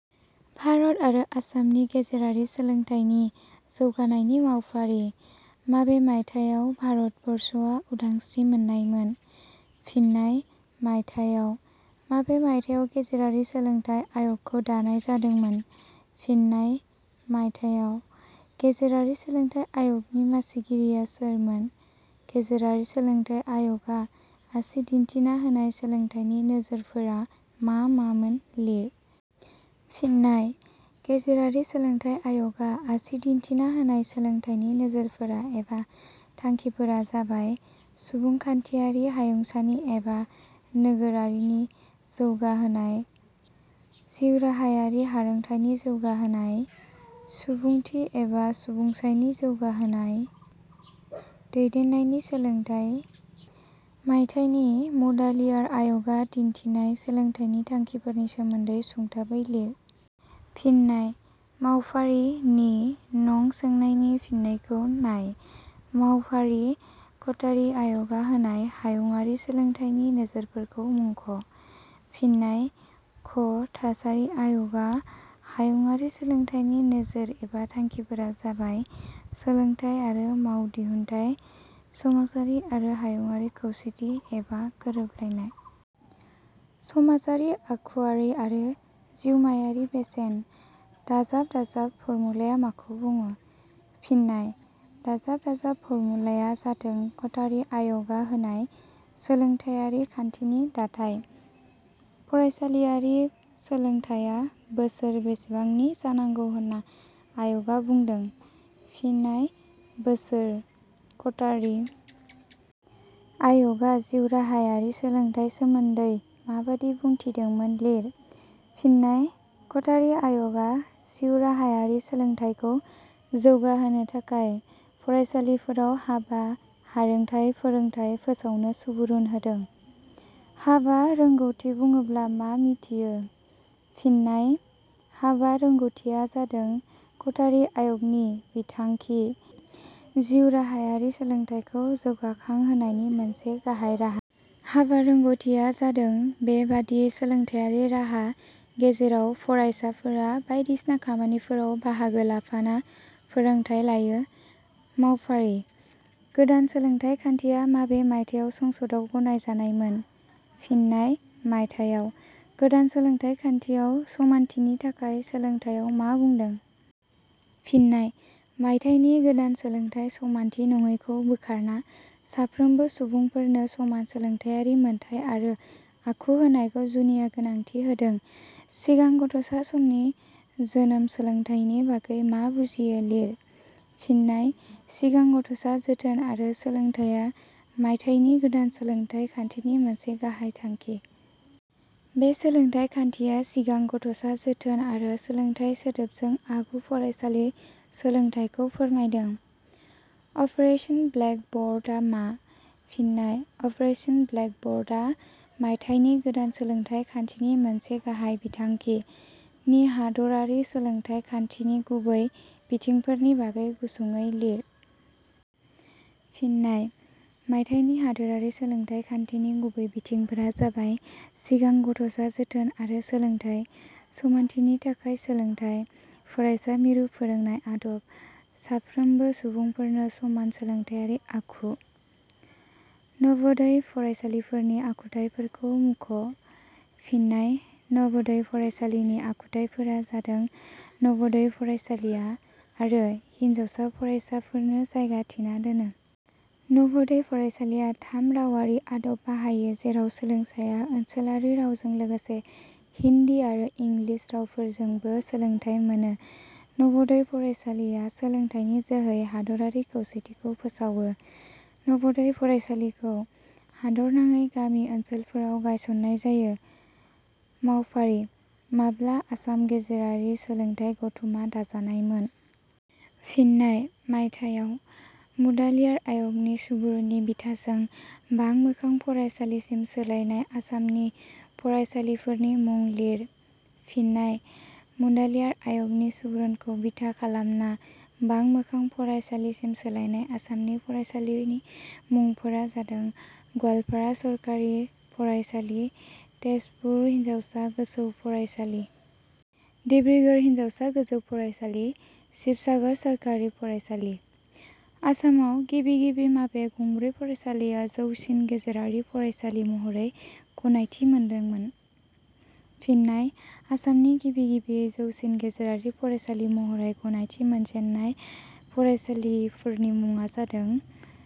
भारत आरो आसामनि गेजेरारि सोलोंथाइनि जौगानायनि मावफारि-.माबे मायथायाव भारतबर्षआ उदांस्रि मोननायमोन? फिन्नाय: मायथाइयाव. माबे मायथाइयाव गेजेरारि सोलोंथाइ आयग 'गखौ दानाय जादोंमोन? फिन्नाय: मायथाइयाव. गेजेरारि सोलोंथाइ आय'गनि मासिगिरिया सोरमोन?.गेजेरारि सोलोंथाइ आय 'गा आसि दिन्थिना होनाय सोलोंथाइनि नोजोरफोरा मा मा मोन लिर। फिन्नाय:गेजेरारि सोलोंथाइ आय 'गा आसि दिन्थिना होनाय सोलोंथाइनि नोजोरफोरा एबा थांखिफोरा जाबाय: सुबुंखान्थियारि हायुंसानि एबा नोगोरारिनि जौगा होनाय। जिउ राहायारि हारोंथाइनि जौगाहोनाय। सुबुंथि एबा सुबुंसायनि जौगाहोनाय। दैदेननायनि सोलोंथाइ।. - मायथाइनि मुडालियार आय 'गा दिन्थिनाय सोलोंथाइनि थांखिफोरनि सोमोन्दै सुंथाबै लिर। फिन्नाय: मावफारि – नि नं सोंनायनि फिननायखौ नाय। मावफारि-.कथारि आय 'गा होनाय हायुंङारि सोलोंथाइनि नोजोरफोरखौ मुंख'। फिन्नाय: क' थासारि आयगा हायुंङारि सोलोंथाइनि नोजोर एबा थांखिफोरा जाबाय: सोलोंथाइ आरो मावदिहुनथाइ। समाजारि आरो हायुंङारि खौसेथि एबा गोरोबलायनाय। समाजारि, आखुआरि आरो जिउमायारि बेसेन। ++ फरमुलाया माखौ बुङो? फिन्नाय: ++ फरमुलाया जादों कथारि आय 'गा होनाय सोलोंथाइयारि खान्थिनि दाथाय।.फरायसालियारि सोलोंथाइया बोसोर बेसेबांनि जानांगौ होनना आय 'गा बुंदों? फिन्नाय: बोसोर।.कथारि आय 'गा जिउराहायारि सोलोंथाइ सोमोन्दै माबादि बुंथिदोंमोन लिर। फिन्नाय: कथारि आय 'गा जिउ राहायारि सोलोंथाइखौ जौगाहोनो थाखाय फरायसालिफोराव हाबा – हारोंथाइ फोरोंथाइ फोसावनो सुबुरुन होदों।.'हाबा – रोंगौथि ' बुङोबोला मा मिथियो? फिन्नाय: 'हाबा – रोंगौथिया ' जादों कथारि आय 'गनि बिथांखि, जिउ राहायारि सोलोंथाइखौ जौगाखां होनायनि मोनसे गाहाइ राहा। हाबा रोंगौथिया जादों बे बादि सोलोंथाइयारि राहा गेजेराव फरायसाफोरा बायदिसिना खामानिफोराव बाहागो लाफाना फोरोंथाइ लायो। मावफारि -.गोदान सोलोंथाइ खान्थिया माबे मायथाइयाव संसदाव गनाय जानायमोन। फिन्नाय: मायथाइयाव।.गोदान सोलोंथाइ खान्थियाव 'समानथिनि थाखाय सोलोंथाइयाव ' मा बुंदों? फिन्नाय: मायथाइनि गोदान सोलोंथाइ समानथि नङैखौ बोखारना साफ्रोमबो सुबुंफोरनो समान सोलोंथाइयारि मोनथाइ आरो आखु होनायखौ जुनिया गोनांथि होदों।.सिगां गथ 'सा समनि जोनोम सोलोंथाइनि बागै मा बुजियो लिर। फिन्नाय: सिगां गथ 'सा जोथोन आरो सोलोंथाइया मायथाइनि गोदान सोलोंथाइ खान्थिनि मोनसे गाहाइ थांखि। बे सोलोंथाइ खान्थिया सिगां गथ'सा जोथोन आरो सोलोंथाइ सोदोबजों आगु – फरायसालि सोलोंथाइखौ फोरमायदों।.'आपारेसन ब्लेक बर्ड' आ मा? फिन्नाय: 'आपारेसन ब्लेक बर्ड' आ मायथाइनि गोदान सोलोंथाइ खान्थिनि मोनसे गाहाइ बिथांखि।. नि हादरारि सोलोंथाइ खान्थिनि गुबै बिथिंफोरनि बागै गुसुङैलिर। फिन्नाय: मायथाइनि हादरारि सोलोंथाइ खान्थिनि गुबै बिथिंफोरा जाबाय – सिगां गथ 'सा जोथोन आरो सोलोंथाइ। समानथिनि थाखाय सोलोंथाइ। फरायसा मिरु फोरोंनाय आदब। साफ्रोमबो सुबुंफोरनो समान सोलोंथाइयारि आखु।.नवोदय फरायसालिफोरनि आखुथाइ फोरखौ मुख'। फिन्नाय: नवोदय फरायसालिनि आखुथाइफोरा जादों: नवोदय फरायसालिया, आरो हिनजावसा फरासाफोरनो जायगा थिना दोनो। नवोदय फरायसालिया थाम रावआरि आदब बाहायो जेराव सोलोंसाया ओनसोलारि रावजों लोगोसे हिन्दि आरो इंग्लिस रावफोरजोंबो सोलोंथाइ मोनो। नवोदय फरायसालिया सोलोंथाइनि जोहै हादरारि खौसेथिखौ फोसावयो। नवोदय फरायसालिखौ हादरनाङै गामि ओनसोलफोराव गायसननाय जायो। मावफारि-.माब्ला आसाम गेजेरारि सोलोंथाइ गथुमा दाजानायमोन? फिन्नाय: मायथाइयाव।. मुडालियार आय 'गनि सुबुरुननि बिथाजों बांमोखां फरायसालिसिम सोलायनाय आसामनि फरायसासालिफोरनि मुं लिर। फिन्नाय: मुडालियार आय 'गनि सुबुरुनखौ बिथा खालामना बांमोखां फरायसालिसिम सोलायनाय आसामनि फरायसासालिनि मुंफोरा जादों: गवालपारा सरकारि फरायसालि। तेजपुर हिनजावसा गोजौ फरायसालि। डिब्रुगरड़़ हिनजावसा गोजौ फरायसालि। सिबसागर सरकारि फरायसालि।.आसामाव गिबि गिबि माबे गंब्रै फरायसालिया जौसिन गेजेरारि फरायसालि महरै गनायथि मोनदोंमोन? फिन्नाय: आसामनि गिबि गिबियै जौसिन गेजेरारि फरायसालि महरै गनायथि मोनजेननाय फरायसालिफोरनि मुङा जादों:।